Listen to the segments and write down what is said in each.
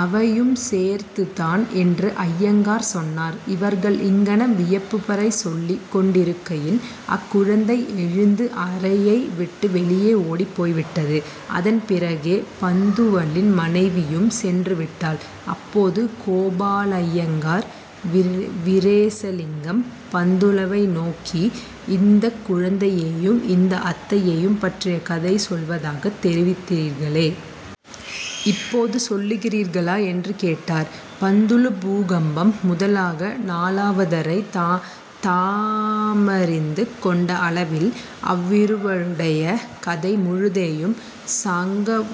''அவையும் சேர்ந்துதான்'' என்று அய்யங்கார் சொன்னார். இவர்கள் இங்ஙனம் வியப்புரை சொல்லிக் கொண்டிருக்கையில் அக்குழந்தை எழுந்து அறையை விட்டு வெளியே ஓடிப் போய்விட்டது. அதன் பிறகே பந்துலுவின் மனைவியும் சென்றுவிட்டாள். அப்போது கோபாலய்யங்கார் வீரேசலிங்கம் பந்துலுவை நோக்கி, ''இந்தக் குழந்தையையும் இதன் அத்தையையும் பற்றிய கதை சொல்வதாகத் தெரிவித்தீர்களே? இப்போது சொல்லுகிறீர்களா? '' என்று கேட்டார். பந்துலு பூகம்பம் முதலாக நாளதுவரை தாமறிந்து கொண்ட அளவில் அவ்விருவருடைய கதை முழுதையும் சாங்கோபாங்கமாக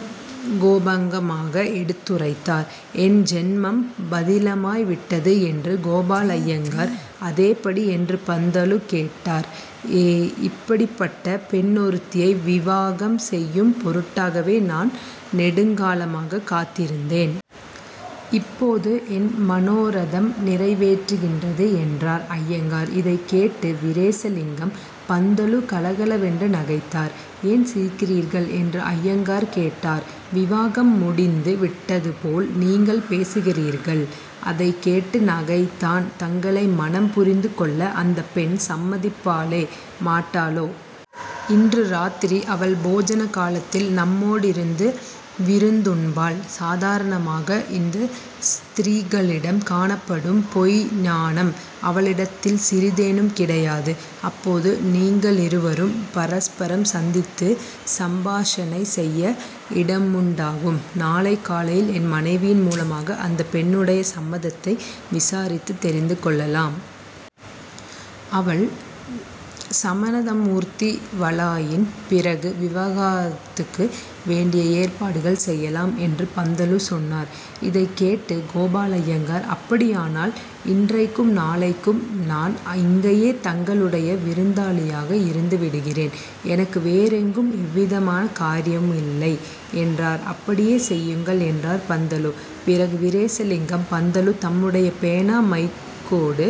எடுத்துரைத்தார். ''என் ஜன்மம் பலிதமாய் விட்டது'' என்றார் கோபாலய்யங்கார். ''அதெப்படி? '' என்று பந்துலு கேட்டார். ''இப்படிப்பட்ட பெண்ணொருத்தியை விவாகம் செய்யும் பொருட்டாகவே நான் நெடுங்காலமாகக் காத்திருந்தேன். இப்போது என் மனோரதம் நிறைவேறிவிட்டது'' என்றார் அய்யங்கார். இதைக் கேட்டு வீரேசலிங்கம் பந்துலு கலகலவென்று நகைத்தார். ''ஏன் சிரிக்கிறீர்கள்? '' என்று அய்யங்கார் கேட்டார். ''விவாகம் முடிந்து விட்டதுபோல் நீங்கள் பேசுகிறீர்களே! அதைக் கேட்டு நகைத்தேன். தங்களை மணம் புரிந்து கொள்ள அந்தப் பெண் சம்மதிப்பாளோ மாட்டாளோ? இன்று ராத்திரி அவள் போஜன காலத்தில் நம்மோடிருந்து விருந்துண்பாள். சாதாரணமாக, இந்து ஸ்திரீகளிடம் காணப்படும் பொய்ந்நாணம் அவளிடத்தில் சிறிதேனும் கிடையாது. அப்போது நீங்களிருவரும் பரஸ்பரம் சந்தித்து சம்பாஷணை செய்ய இடமுண்டாகும். நாளைக் காலையில் என் மனைவியின் மூலமாக அந்தப் பெண்ணுடைய சம்மதத்தை விசாரித்துத் தெரிந்து கொள்ளலாம். அவள் சம்மதமுணர்த்துவாளாயின், பிறகு விவாகத்துக்கு வேண்டிய ஏற்பாடுகள் செய்யலாம்'' என்று பந்துலு சொன்னார். இதைக் கேட்டு கோபாலய்யங்கார் ''அப்படியானால் இன்றைக்கும் நாளைக்கும் நான் இங்கேயே தங்களுடைய விருந்தாளியாக இருந்து விடுகிறேன். எனக்கு வேறெங்கும் எவ்விதமான காரியமுமில்லை'' என்றார். ''அப்படியே செய்யுங்கள்'' என்றார் பந்துலு. பிறகு வீரேசலிங்கம் பந்துலு தம்முடைய பேனா மைக்கூடு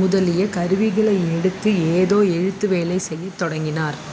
முதலிய கருவிகளை எடுத்து ஏதோ எழுத்து வேலை செய்யத் தொடங்கினார்.